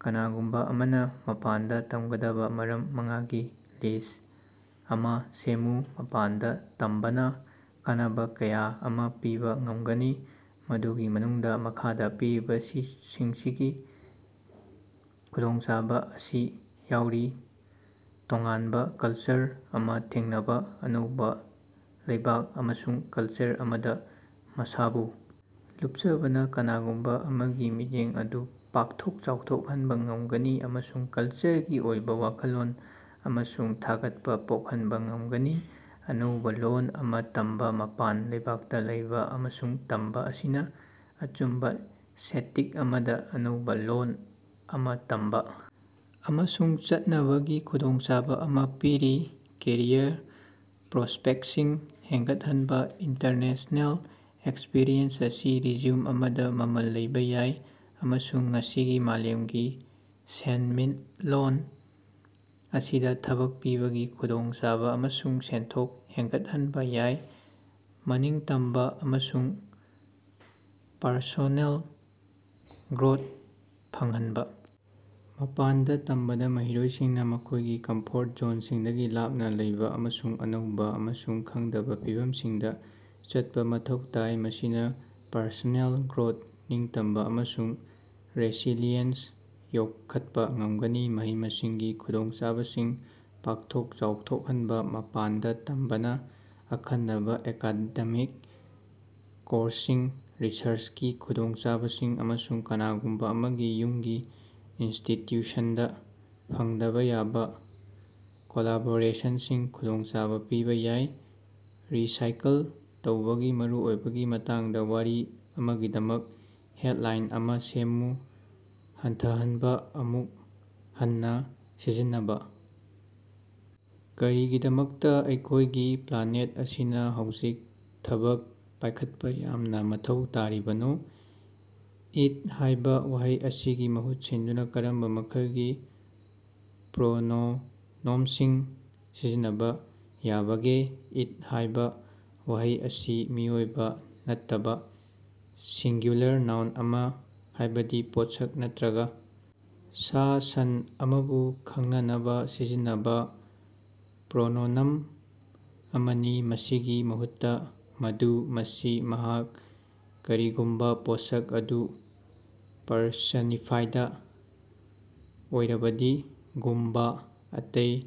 ꯀꯅꯥꯒꯨꯝꯕ ꯑꯃꯅ ꯃꯄꯥꯟꯗ ꯇꯝꯒꯗꯕ ꯃꯔꯝ ꯃꯉꯥꯒꯤ ꯂꯤꯁ ꯑꯃꯥ ꯁꯦꯝꯃꯨ꯫ ꯃꯄꯥꯟꯗ ꯇꯝꯕꯅ ꯀꯥꯟꯅꯕ ꯀꯌꯥ ꯑꯃ ꯄꯤꯕ ꯉꯝꯒꯅꯤ, ꯃꯗꯨꯒꯤ ꯃꯅꯨꯡꯗ ꯃꯈꯥꯗ ꯄꯤꯔꯤꯕꯁꯤꯡꯁꯤꯒꯤ ꯈꯨꯗꯣꯡꯆꯥꯕ ꯑꯁꯤ ꯌꯥꯎꯔꯤ: ꯇꯣꯉꯥꯟꯕ ꯀꯜꯆꯔ ꯑꯃ ꯊꯦꯡꯅꯕ, ꯑꯅꯧꯕ ꯂꯩꯕꯥꯛ ꯑꯃꯁꯨꯡ ꯀꯜꯆꯔ ꯑꯃꯗ ꯃꯁꯥꯕꯨ ꯂꯨꯞꯆꯕꯅ ꯀꯅꯥꯒꯨꯝꯕ ꯑꯃꯒꯤ ꯃꯤꯠꯌꯦꯡ ꯑꯗꯨ ꯄꯥꯛꯊꯣꯛ ꯆꯥꯎꯊꯣꯛꯍꯟꯕ ꯉꯝꯒꯅꯤ ꯑꯃꯁꯨꯡ ꯀꯜꯆꯔꯒꯤ ꯑꯣꯏꯕ ꯋꯥꯈꯜꯂꯣꯟ ꯑꯃꯁꯨꯡ ꯊꯥꯒꯠꯄ ꯄꯣꯛꯍꯟꯕ ꯉꯝꯒꯅꯤ꯫ ꯑꯅꯧꯕ‌ ꯂꯣꯜ ꯑꯃ ꯇꯝꯕ, ꯃꯄꯥꯟ ꯂꯩꯕꯥꯛꯇ ꯂꯩꯕ ꯑꯃꯁꯨꯡ ꯇꯝꯕ ꯑꯁꯤꯅ ꯑꯆꯨꯝꯕ‌ ꯁꯦꯇꯤꯡ ꯑꯃꯗ‌ ꯑꯅꯧꯕ ꯂꯣꯜ ꯑꯃ ꯇꯝꯕ ꯑꯃꯁꯨꯡ ꯆꯠꯅꯕꯒꯤ ꯈꯨꯗꯣꯡꯆꯥꯕ ꯑꯃ ꯄꯤꯔꯤ꯫ ꯀꯦꯔꯤꯌꯔ ꯄ꯭ꯔꯣꯁꯄꯦꯛꯁꯤꯡ ꯍꯦꯟꯒꯠꯍꯟꯕ: ꯏꯟꯇꯔꯅꯦꯁꯅꯦꯜ ꯑꯦꯛꯁꯄꯤꯔꯤꯌꯦꯟꯁ ꯑꯁꯤ ꯔꯤꯖ꯭ꯌꯨꯝ ꯑꯃꯗ ꯃꯃꯜ ꯂꯩꯕ ꯌꯥꯏ ꯑꯃꯁꯨꯡ ꯉꯁꯤꯒꯤ ꯃꯥꯂꯦꯝꯒꯤ ꯁꯦꯟꯃꯤꯠꯂꯣꯟ ꯑꯁꯤꯗ ꯊꯕꯛ ꯄꯤꯕꯒꯤ ꯈꯨꯗꯣꯡꯆꯥꯕ ꯑꯃꯁꯨꯡ ꯁꯦꯟꯊꯣꯛ ꯍꯦꯟꯒꯠꯍꯟꯕ ꯌꯥꯏ꯫ ꯃꯅꯤꯡꯇꯝꯕ ꯑꯃꯁꯨꯡ ꯄꯔꯁꯣꯅꯦꯜ ꯒ꯭ꯔꯣꯊ ꯐꯪꯍꯟꯕ: ꯃꯄꯥꯟꯗ ꯇꯝꯕꯗꯥ ꯃꯍꯩꯔꯣꯏꯁꯤꯡꯅ ꯃꯈꯣꯏꯒꯤ ꯀꯝꯐꯣꯔꯠ ꯖꯣꯟꯁꯤꯡꯗꯒꯤ ꯂꯥꯞꯅ ꯂꯩꯕ ꯑꯃꯁꯨꯡ ꯑꯅꯧꯕ ꯑꯃꯁꯨꯡ ꯈꯪꯗꯕ ꯐꯤꯚꯝꯁꯤꯡꯗ ꯆꯠꯄ‌ ꯃꯊꯧ ꯇꯥꯏ, ꯃꯁꯤꯅ ꯄꯔꯁꯣꯅꯦꯜ ꯒ꯭ꯔꯣꯊ, ꯅꯤꯡꯇꯝꯕ ꯑꯃꯁꯨꯡ ꯔꯦꯁꯤꯂꯤꯌꯦꯟꯁ ꯌꯣꯛꯈꯠꯄ ꯉꯝꯒꯅꯤ꯫ ꯃꯍꯩ-ꯃꯁꯤꯡꯒꯤ ꯈꯨꯗꯣꯡꯆꯥꯕꯁꯤꯡ ꯄꯥꯛꯊꯣꯛ ꯆꯥꯎꯊꯣꯛꯍꯟꯕ: ꯃꯄꯥꯟꯗ ꯇꯝꯕꯅ ꯑꯈꯟꯅꯕ ꯑꯦꯀꯥꯗꯦꯃꯤꯛ ꯀꯣꯔ꯭ꯁꯁꯤꯡ, ꯔꯤꯁꯔꯆꯀꯤ ꯈꯨꯗꯣꯡꯆꯥꯕꯁꯤꯡ, ꯑꯃꯁꯨꯡ ꯀꯅꯥꯒꯨꯝꯕ ꯑꯃꯒꯤ ꯌꯨꯝꯒꯤ ꯏꯟꯁꯇꯤꯇ꯭ꯌꯨꯁꯟꯗ ꯐꯪꯗꯕ ꯌꯥꯕ ꯀꯣꯂꯥꯕꯣꯔꯦꯁꯟꯁꯤꯡꯒꯤ ꯈꯨꯗꯣꯡꯆꯥꯕ ꯄꯤꯕ ꯌꯥꯏ꯫ ꯔꯤꯁꯥꯏꯀꯜ ꯇꯧꯕꯒꯤ ꯃꯔꯨꯑꯣꯏꯕꯒꯤ ꯃꯇꯥꯡꯗꯥ ꯋꯥꯔꯤ ꯑꯃꯒꯤꯗꯃꯛ ꯍꯦꯗꯂꯥꯏꯟ ꯑꯃꯥ ꯁꯦꯝꯃꯨ꯫ "ꯍꯟꯊꯍꯟꯕ, ꯑꯃꯨꯛ ꯍꯟꯅꯥ ꯁꯤꯖꯤꯟꯅꯕ! ꯀꯔꯤꯒꯤꯗꯃꯛꯇ ꯑꯩꯈꯣꯏꯒꯤ ꯄ꯭ꯂꯥꯅꯦꯠ ꯑꯁꯤꯅ ꯍꯧꯖꯤꯛ ꯊꯕꯛ ꯄꯥꯏꯈꯠꯄ ꯌꯥꯝꯅ ꯃꯊꯧ ꯇꯥꯔꯤꯕꯅꯣ?" 'ꯏꯠ' ꯍꯥꯏꯕꯥ ꯋꯥꯍꯩ ꯑꯁꯤꯒꯤ ꯃꯍꯨꯠ ꯁꯤꯟꯗꯨꯅ ꯀꯔꯝꯕ ꯃꯈꯜꯒꯤ ꯄ꯭ꯔꯣꯅꯣꯅꯣꯝꯁꯤꯡ ꯁꯤꯖꯤꯟꯅꯕ ꯌꯥꯕꯒꯦ? "ꯏꯠ" ꯍꯥꯏꯕꯥ ꯋꯥꯍꯩ ꯑꯁꯤ ꯃꯤꯑꯣꯏꯕ ꯅꯠꯇꯕꯥ ꯁꯤꯡꯒ꯭ꯌꯨꯂꯔ ꯅꯥꯎꯟ ꯑꯃ ꯍꯥꯏꯕꯗꯤ ꯄꯣꯠꯁꯛ ꯅꯠꯇ꯭ꯔꯒ ꯁꯥ-ꯁꯟ ꯑꯃꯕꯨ ꯈꯪꯅꯅꯕ ꯁꯤꯖꯤꯟꯅꯕꯥ ꯄ꯭ꯔꯣꯅꯣꯅꯣꯝ ꯑꯃꯅꯤ꯫ ꯃꯁꯤꯒꯤ ꯃꯍꯨꯠꯇꯥ "ꯃꯗꯨ", "ꯃꯁꯤ", "ꯃꯍꯥꯛ" (ꯀꯔꯤꯒꯨꯝꯕꯥ ꯄꯣꯠꯁꯛ ꯑꯗꯨ ꯄꯔꯁꯣꯅꯤꯐꯥꯏꯗ ꯑꯣꯏꯔꯕꯗꯤ) ꯒꯨꯝꯕꯥ ꯑꯇꯩ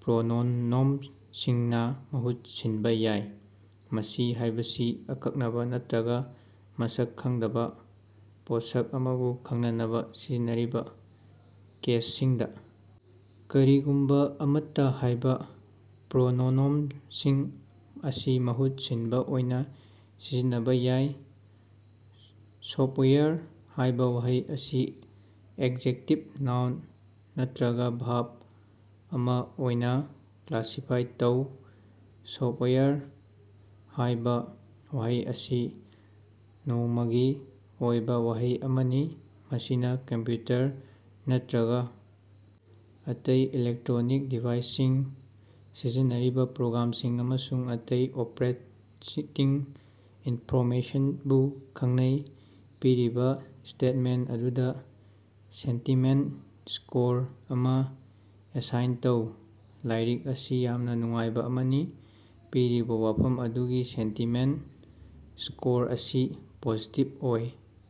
ꯄ꯭ꯔꯣꯅꯣꯅꯣꯝꯁꯤꯡꯅ ꯃꯍꯨꯠ ꯁꯤꯟꯕꯥ ꯌꯥꯏ꯫ "ꯃꯁꯤ" ꯍꯥꯏꯕꯁꯤ ꯑꯀꯛꯅꯕ ꯅꯠꯇ꯭ꯔꯒ ꯃꯁꯛ ꯈꯪꯗꯕ ꯄꯣꯠꯁꯛ ꯑꯃꯕꯨ ꯈꯪꯅꯅꯕ ꯁꯤꯖꯤꯟꯅꯔꯤꯕ ꯀꯦꯁꯁꯤꯡꯗ, "ꯀꯔꯤꯒꯨꯝꯕ ꯑꯃꯠꯇ" ꯍꯥꯏꯕ ꯄ꯭ꯔꯣꯅꯣꯅꯣꯝꯁꯤꯡ ꯑꯁꯤ ꯃꯍꯨꯠ ꯁꯤꯟꯕ ꯑꯣꯏꯅ ꯁꯤꯖꯤꯟꯅꯕ ꯌꯥꯏ꯫ "ꯁꯣꯐꯋꯦꯌꯔ" ꯍꯥꯏꯕ ꯋꯥꯍꯩ ꯑꯁꯤ ꯑꯦꯛꯖꯦꯛꯇꯤꯚ, ꯅꯥꯎꯟ ꯅꯠꯇ꯭ꯔꯒ ꯚꯔꯕ ꯑꯃꯥ ꯑꯣꯏꯅ ꯀ꯭ꯂꯥꯁꯤꯐꯥꯏ ꯇꯧ꯫ "ꯁꯣꯐꯋꯦꯌꯔ" ꯍꯥꯏꯕ ꯋꯥꯍꯩ ꯑꯁꯤ ꯅꯣꯡꯃꯒꯤ ꯑꯣꯏꯕ ꯋꯥꯍꯩ ꯑꯃꯅꯤ꯫ ꯃꯁꯤꯅ ꯀꯝꯄ꯭ꯌꯨꯇꯔ ꯅꯠꯇ꯭ꯔꯒ ꯑꯇꯩ ꯏꯂꯦꯛꯇ꯭ꯔꯣꯅꯤꯛ ꯗꯤꯚꯥꯏꯁꯁꯤꯡꯅ ꯁꯤꯖꯤꯟꯅꯔꯤꯕ ꯄ꯭ꯔꯣꯒ꯭ꯔꯥꯝꯁꯤꯡ ꯑꯃꯁꯨꯡ ꯑꯇꯩ ꯑꯣꯄꯔꯦꯇꯤꯡ ꯏꯟꯐꯣꯔꯃꯦꯁꯟꯕꯨ ꯈꯪꯅꯩ꯫ ꯄꯤꯔꯤꯕ ꯁ꯭ꯇꯦꯠꯃꯦꯟ ꯑꯗꯨꯗ ꯁꯦꯟꯇꯤꯃꯦꯟꯇ ꯁ꯭ꯀꯣꯔ ꯑꯃ ꯑꯦꯁꯥꯏꯟ ꯇꯧ꯫ ꯂꯥꯏꯔꯤꯛ ꯑꯁꯤ ꯌꯥꯝꯅ ꯅꯨꯡꯉꯥꯏꯕ ꯑꯃꯅꯤ꯫ ꯄꯤꯔꯤꯕꯥ ꯋꯥꯐꯝ ꯑꯗꯨꯒꯤ ꯁꯦꯟꯇꯤꯃꯦꯟ ꯁ꯭ꯀꯣꯔ ꯑꯁꯤ ꯄꯣꯖꯤꯇꯤꯕ ꯑꯣꯏ꯫